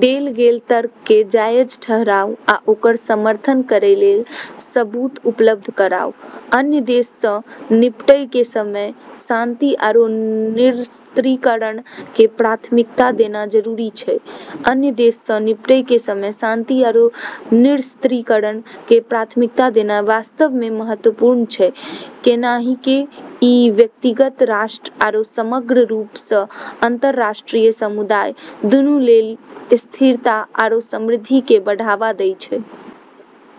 देल गेल तर्क के जायज ठहराउ आ ओकर समर्थन करय लेल सबूत उपलब्ध कराउ। अन्य देशऽ स॑ निपटै के समय शांति आरू निरस्त्रीकरण क॑ प्राथमिकता देना जरूरी छै। अन्य देशऽ स॑ निपटै के समय शांति आरू निरस्त्रीकरण क॑ प्राथमिकता देना वास्तव म॑ महत्वपूर्ण छै, कैन्हेंकि ई व्यक्तिगत राष्ट्र आरू समग्र रूप स॑ अंतरराष्ट्रीय समुदाय दूनू लेली स्थिरता आरू समृद्धि क॑ बढ़ावा दै छै।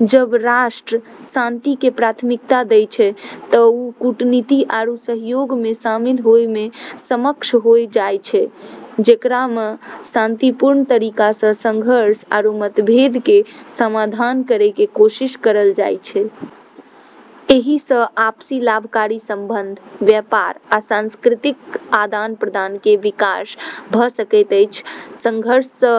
जब॑ राष्ट्र शांति क॑ प्राथमिकता दै छै त॑ वू कूटनीति आरू सहयोग म॑ शामिल होय म॑ सक्षम होय जाय छै, जेकरा म॑ शांतिपूर्ण तरीका स॑ संघर्ष आरू मतभेद के समाधान करै के कोशिश करलऽ जाय छै। एहि सं आपसी लाभकारी संबंध, व्यापार, आ सांस्कृतिक आदान-प्रदान के विकास भ सकैत अछि. संघर्ष स॑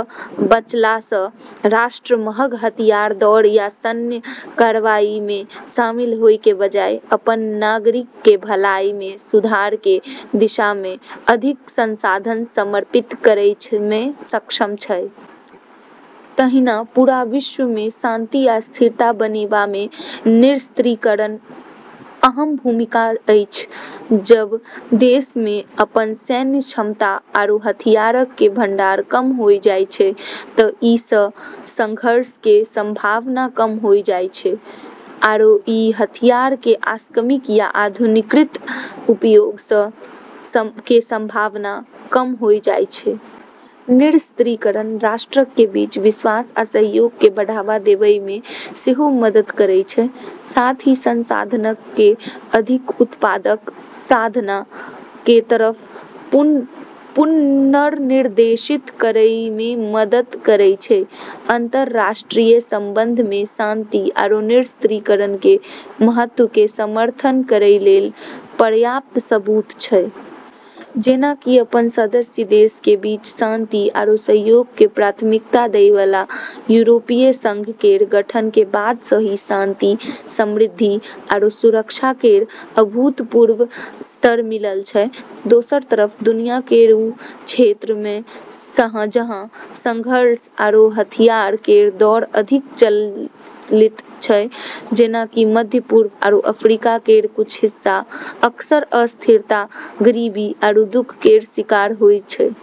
बचला स॑ राष्ट्र महग हथियार दौड़ या सैन्य कार्रवाई म॑ शामिल होय के बजाय, अपनऽ नागरिकऽ के भलाई म॑ सुधार के दिशा म॑ अधिक संसाधन समर्पित करै म॑ सक्षम छै। तहिना पूरा विश्व मे शांति आ स्थिरता बनेबा मे निरस्त्रीकरणक अहम भूमिका अछि। जब॑ देशऽ म॑ अपनऽ सैन्य क्षमता आरू हथियारऽ के भंडार कम होय जाय छै त॑ ई स॑ संघर्ष के संभावना कम होय जाय छै आरू ई हथियारऽ के आकस्मिक या अनधिकृत उपयोग के संभावना कम होय जाय छै। निरस्त्रीकरण राष्ट्रक कें बीच विश्वास आ सहयोग कें बढ़ावा देवय मे सेहो मदद करय छै, साथ ही संसाधनक कें अधिक उत्पादक साधना कें तरफ पुनर्निर्देशित करय मे मदद करय छै. अंतरराष्ट्रीय संबंधऽ म॑ शांति आरू निरस्त्रीकरण के महत्व के समर्थन करै लेली पर्याप्त सबूत छै। जेना कि अपनऽ सदस्य देशऽ के बीच शांति आरू सहयोग क॑ प्राथमिकता दै वाला यूरोपीय संघ केरऽ गठन के बाद स॑ ही शांति, समृद्धि आरू सुरक्षा केरऽ अभूतपूर्व स्तर मिललऽ छै। दोसरऽ तरफ दुनिया केरऽ वू क्षेत्रऽ म॑ जहाँ संघर्ष आरू हथियार केरऽ दौड़ अधिक प्रचलित छै, जेना कि मध्य पूर्व आरू अफ्रीका केरऽ कुछ हिस्सा, अक्सर अस्थिरता, गरीबी आरू दुख केरऽ शिकार होय छै।